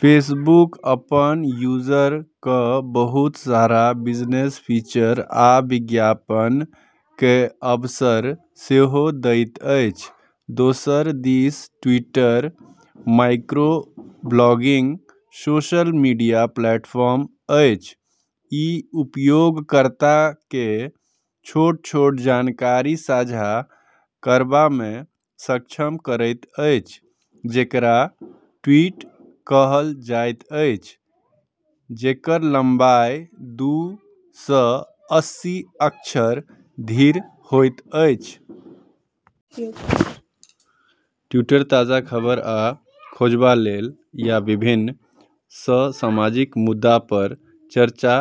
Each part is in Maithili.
फेसबुक अपन यूजर्स केँ बहुत सारा बिजनेस फीचर आ विज्ञापन केर अवसर सेहो दैत अछि। दोसर दिस Twitter microblogging social media platform अछि। ई उपयोगकर्ता केँ छोट-छोट जानकारी साझा करबा मे सक्षम करैत अछि, जेकरा ट्वीट कहल जाइत अछि, जेकर लंबाई दू सए अस्सी अक्षर धरि होइत अछि। ट्विटर ताजा खबर आ ट्रेंड खोजबा लेल या विभिन्न समसामयिक मुद्दा पर चर्चा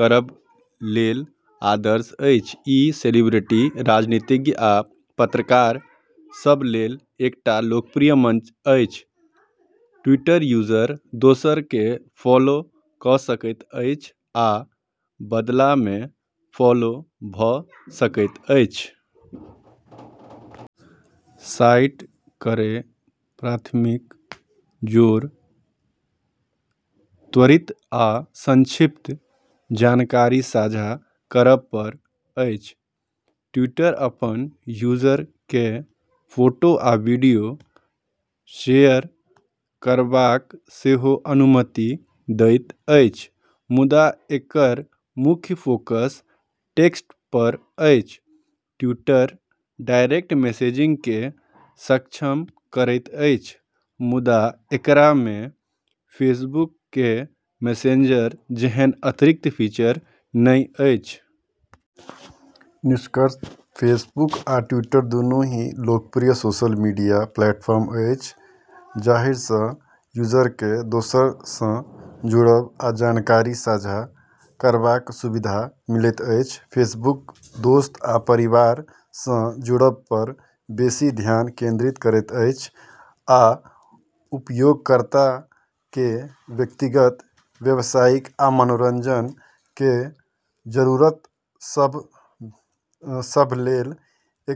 करबा लेल आदर्श अछि। ई सेलिब्रिटी, राजनीतिज्ञ, आ पत्रकार सभ लेल एकटा लोकप्रिय मंच अछि। ट्विटर यूजर दोसर केँ फॉलो कऽ सकैत अछि आ बदला मे फॉलो भऽ सकैत अछि। साइट केर प्राथमिक जोर त्वरित आ संक्षिप्त जानकारी साझा करब पर अछि। ट्विटर अपन यूजर केँ फोटो आ वीडियो शेयर करबाक सेहो अनुमति दैत अछि, मुदा एकर मुख्य फोकस टेक्स्ट पर अछि। ट्विटर डायरेक्ट मैसेजिंग केँ सक्षम करैत अछि, मुदा एकरा मे फेसबुक केर मैसेंजर जेहन अतिरिक्त फीचर नहि अछि। निष्कर्षतः फेसबुक आ ट्विटर दुनू ही लोकप्रिय सोशल मीडिया प्लेटफॉर्म अछि जाहि सँ यूजर केँ दोसर सँ जुड़ब आ जानकारी साझा करबाक सुविधा मिलैत अछि। फेसबुक दोस्त आ परिवार सँ जुड़ब पर बेसी ध्यान केंद्रित करैत अछि आ उपयोगकर्ता केर व्यक्तिगत, व्यवसायिक, आ मनोरंजन केर जरूरत सभ लेल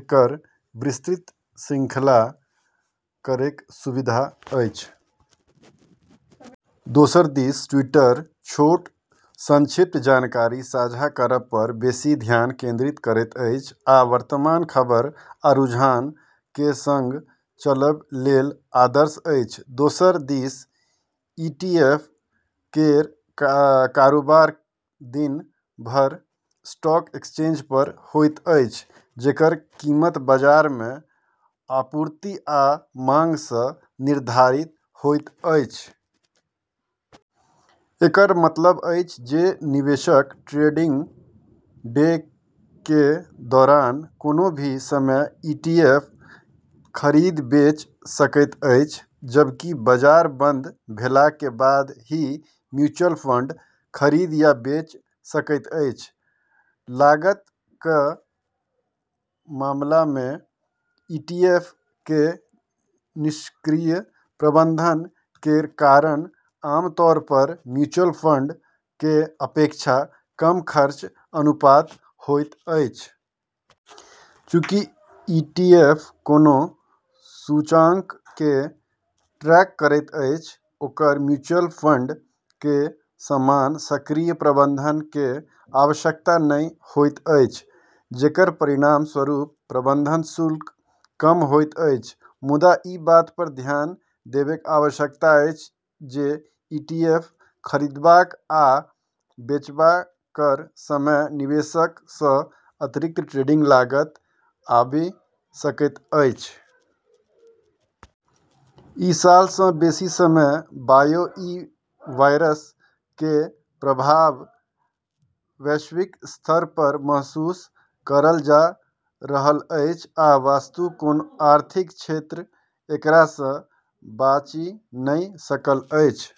एकर विस्तृत श्रृंखला केर सुविधा अछि। दोसर दिस ट्विटर छोट, संक्षिप्त जानकारी साझा करब पर बेसी ध्यान केंद्रित करैत अछि आ वर्तमान खबर आ रुझान केर संग चलबा लेल आदर्श अछि। दोसर दिस ईटीएफ केर कारोबार दिन भर स्टॉक एक्सचेंज पर होइत अछि, जेकर कीमत बाजार मे आपूर्ति आ मांग सँ निर्धारित होइत अछि। एकर मतलब अछि जे निवेशक ट्रेडिंग डे केर दौरान कोनो भी समय ईटीएफ खरीद-बेच सकैत अछि, जबकि बाजार बंद भेला के बाद ही म्यूचुअल फंड खरीद या बेच सकैत अछि। लागत केर मामला मे ईटीएफ केर निष्क्रिय प्रबंधन केर कारण आम तौर पर म्यूचुअल फंड केर अपेक्षा कम खर्च अनुपात होइत अछि। चूँकि ईटीएफ कोनो सूचकांक केँ ट्रैक करैत अछि, ओकरा म्यूचुअल फंड केर समान सक्रिय प्रबंधन केर आवश्यकता नहि होइत अछि, जेकर परिणाम स्वरूप प्रबंधन शुल्क कम होइत अछि। मुदा ई बात पर ध्यान देब आवश्यक अछि जे ईटीएफ खरीदबा आ बेचबा केर समय निवेशक सभ केँ अतिरिक्त ट्रेडिंग लागत आबि सकैत अछि। एक साल सँ बेसी समय बादो ई वायरस केर प्रभाव वैश्विक स्तर पर महसूस कएल जा रहल अछि, आ वस्तुतः कोनो आर्थिक क्षेत्र एकरा सँ बचि नहि सकल अछि।